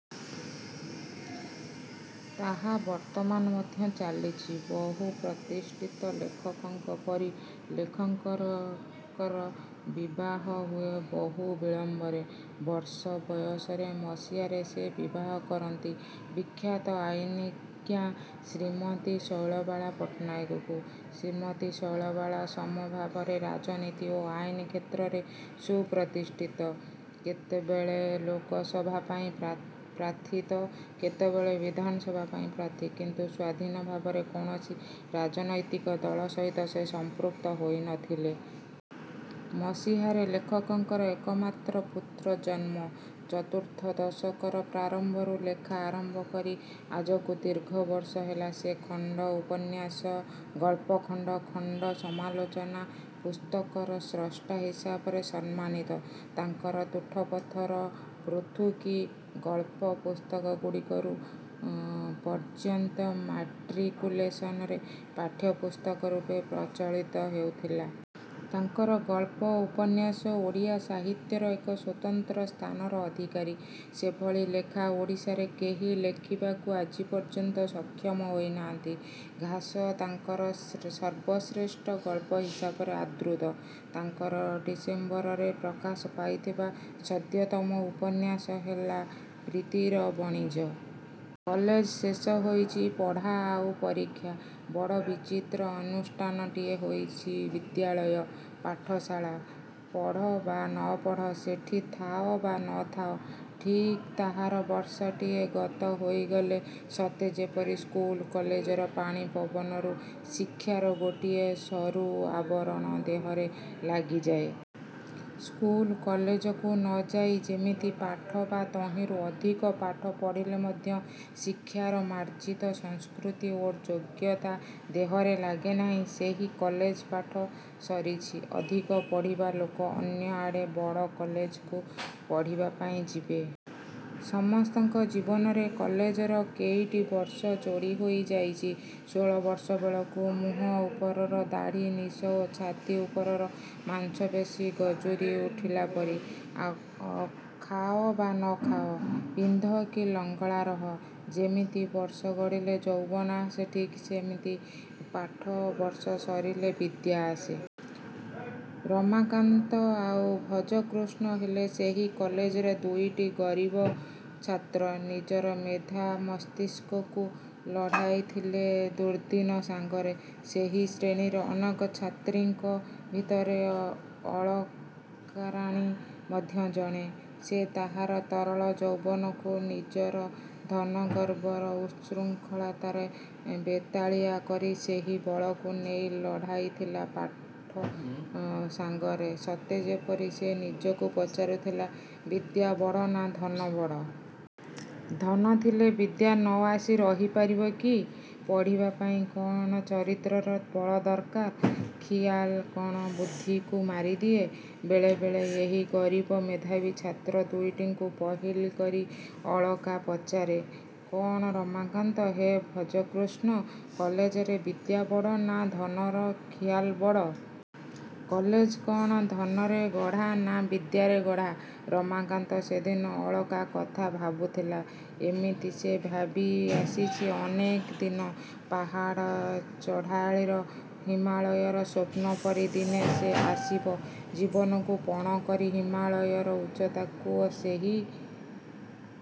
ତାହା ବର୍ତ୍ତମାନ ମଧ୍ୟ ଚାଲିଛି। ବହୁ ପ୍ରତିଷ୍ଠିତ ଲେଖକଙ୍କ ପରି ଲେଖକଙ୍କର ବିବାହ ହୁଏ ବହୁ ବିଳମ୍ବରେ। ବର୍ଷ ବୟସରେ ମସିହାରେ ସେ ବିବାହ କରନ୍ତି ବିଖ୍ୟାତ ଆଇନଜ୍ଞା ଶ୍ରୀମତୀ ଶୈଳବାଳା ପଟ୍ଟନାୟକଙ୍କୁ। ଶ୍ରୀମତୀ ଶୈଳବାଳା ସମଭାବରେ ରାଜନୀତି ଓ ଆଇନ କ୍ଷେତ୍ରରେ ସୁପ୍ରତିଷ୍ଠିତା। କେତେବେଳେ ଲୋକସଭା ପାଇଁ ପ୍ରାର୍ଥୀ ତ କେତେବେଳେ ବିଧାନସଭା ପାଇଁ ପ୍ରାର୍ଥୀ; କିନ୍ତୁ ସ୍ୱାଧୀନ ଭାବେ କୌଣସି ରାଜନୈତିକ ଦଳ ସହିତ ସେ ସଂପୃକ୍ତ ହୋଇ ନ ଥିଲେ। ମସିହାରେ ଲେଖକଙ୍କର ଏକମାତ୍ର ପୁତ୍ର ଜନ୍ମ। ଚତୁର୍ଥ ଦଶକର ପ୍ରାରମ୍ଭରୁ ଲେଖା ଆରମ୍ଭ କରି ଆଜକୁ ଦୀର୍ଘ ବର୍ଷ ହେଲା ସେ ଖଣ୍ଡ ଉପନ୍ୟାସ, ଖଣ୍ଡ ଗଳ୍ପ, ଖଣ୍ଡ ସମାଲୋଚନା ପୁସ୍ତକର ସ୍ରଷ୍ଟା ହିସାବରେ ସମ୍ମାନିତ। ତାଙ୍କର 'ତୁଠପଥର', 'ପଥୁକୀ', ଗଳ୍ପ ପୁସ୍ତକଗୁଡ଼ିକ ରୁ ପର୍ଯ୍ୟନ୍ତ ମ୍ୟାଟ୍ରିକୁଲେସନରେ ପାଠ୍ୟପୁସ୍ତକ ରୂପେ ପ୍ରଚଳିତ ହେଉଥିଲା। ତାଙ୍କର ଗଳ୍ପ ଉପନ୍ୟାସ ଓଡ଼ିଆ ସାହିତ୍ୟର ଏକ ସ୍ୱତନ୍ତ୍ର ସ୍ଥାନର ଅଧିକାରୀ। ସେଭଳି ଲେଖା ଓଡ଼ିଶାରେ କେହି ଲେଖିବାକୁ ଆଜିପର୍ଯ୍ୟନ୍ତ ସକ୍ଷମ ହୋଇ ନାହାନ୍ତି। 'ଘାସ' ତାଙ୍କର ସର୍ବଶ୍ରେଷ୍ଠ ଗଳ୍ପ ହିସାବରେ ଆଦୃତ। ତାଙ୍କର ଡିସେମ୍ବରରେ ପ୍ରକାଶ ପାଇଥିବା ସଦ୍ୟତମ ଉପନ୍ୟାସ ହେଲା 'ପ୍ରୀତିର ବଣିଜ'। କଲେଜ ଶେଷ ହୋଇଛି-ପଢ଼ା ଆଉ ପରୀକ୍ଷା। ବଡ଼ ବିଚିତ୍ର ଅନୁଷ୍ଠାନଟିଏ ହେଉଛି ବିଦ୍ୟାଳୟ-ପାଠଶାଳା। ପଢ଼ ବା ନ ପଢ଼, ସେଠି ଥାଅ ବା ନ ଥାଅ, ଠିକ୍ ତାହାର ବର୍ଷଟିଏ ଗତ ହେଇଗଲେ ସତେ ଯେପରି ସ୍କୁଲ କଲେଜର ପାଣି ପବନରୁ ଶିକ୍ଷାର ଗୋଟାଏ ସରୁ ଆବରଣ ଦେହରେ ଲାଗିଯାଏ। ସ୍କୁଲ କଲେଜକୁ ନ ଯାଇ ସେତିକି ପାଠ ବା ତହିଁରୁ ଅଧିକ ପାଠ ପଢ଼ିଲେ ମଧ୍ୟ ଶିକ୍ଷାର ମାର୍ଜିତ ସଂସ୍କୃତି ଓ ଯୋଗ୍ୟତା ଦେହରେ ଲାଗେ ନାହିଁ। ସେହି କଲେଜ ପାଠ ସରିଛି। ଅଧିକ ପଢ଼ିବା ଲୋକ ଅନ୍ୟ ଆଡ଼େ ବଡ଼ କଲେଜକୁ ପଢ଼ିବା ପାଇଁ ଯିବେ। ସମସ୍ତଙ୍କ ଜୀବନରେ କଲେଜର କେଇଟି ବର୍ଷ ଯୋଡ଼ିହୋଇ ଯାଇଛି-ଷୋଳବର୍ଷ ବେଳକୁ ମୁହଁ ଉପରର ଦାଢ଼ି ନିଶ ଓ ଛାତି ଉପରର ମାଂସପେଶୀ ଗଜୁରୀ ଉଠିଲା ପରି-। ଖାଅ ବା ନ ଖାଅ, ପିନ୍ଧ କି ଲଙ୍ଗଳା ରହ ଯେମିତି ବର୍ଷ ଗଡ଼ିଲେ ଯୌବନ ଆସେ ଠିକ୍ ସେମିତି ପାଠ-ବର୍ଷ ସରିଲେ ବିଦ୍ୟା ଆସେ। ରମାକାନ୍ତ ଆଉ ଭଜକୃଷ୍ଣ ହେଲେ ସେହି କଲେଜର ଦୁଇଟି ଗରିବ ଛାତ୍ର-ନିଜର ମେଧା ମସ୍ତିଷ୍କକୁ ଲଢ଼ାଇ ଥିଲେ ଦୁର୍ଦ୍ଦିନ ସାଙ୍ଗରେ। ସେହି ଶ୍ରେଣୀର ଅନେକ ଛାତ୍ରୀଙ୍କ ଭିତରେ ଅଳକାରାଣୀ ମଧ୍ୟ ଜଣେ। ସେ ତାହାର ତରଳ ଯୌବନକୁ ନିଜର ଧନ ଗର୍ବର ଉତ୍ସୃଙ୍ଖଳତାରେ ବେତାଳିଆ କରି ସେହି ବଳକୁ ନେଇ ଲଢ଼ାଇଥିଲା ପଢ଼ା ସାଙ୍ଗରେ-ସତେ ଯେପରି ସେ ନିଜକୁ ପଚାରୁଥିଲା- ବିଦ୍ୟା ବଡ଼ ନା ଧନ ବଡ଼? ଧନ ଥିଲେ ବିଦ୍ୟା ନ ଆସି ରହି ପାରିବ କି? ପଢ଼ିବା ପାଇଁ କ'ଣ ଚରିତ୍ରର ବଳ ଦରକାର? ଖିଆଲ କ'ଣ ବୁଦ୍ଧିକୁ ମାରିଦିଏ? ବେଳେବେଳେ ଏହି ଗରିବ ମେଧାବୀ ଛାତ୍ର ଦୁଇଟିଙ୍କୁ ପହଲି କରି ଅଳକା ପଚାରେ-କ'ଣ ରମାକାନ୍ତ? -ହେ ଭଜକୃଷ୍ଣ? -କଲେଜରେ ବିଦ୍ୟା ବଡ଼ ନା ଧନର ଖିଆଲ ବଡ଼? କଲେଜ କ'ଣ ଧନରେ ଗଢ଼ା ନା ବିଦ୍ୟାରେ ଗଢ଼ା? ରମାକାନ୍ତ ସେଦିନ ଅଳକା କଥା ଭାବୁଥିଲା। ଏମିତି ସେ ଭାବି ଆସିଛି ଅନେକ ଦିନ-ପାହାଡ଼ ଚଢ଼ାଳୀର ହିମାଳୟର ସ୍ୱପ୍ନ ପରି। ଦିନେ ସେ ଆସିବ। ଜୀବନକୁ ପଣ କରି ହିମାଳୟର ଉଚ୍ଚତାକୁ ଓ ସେହି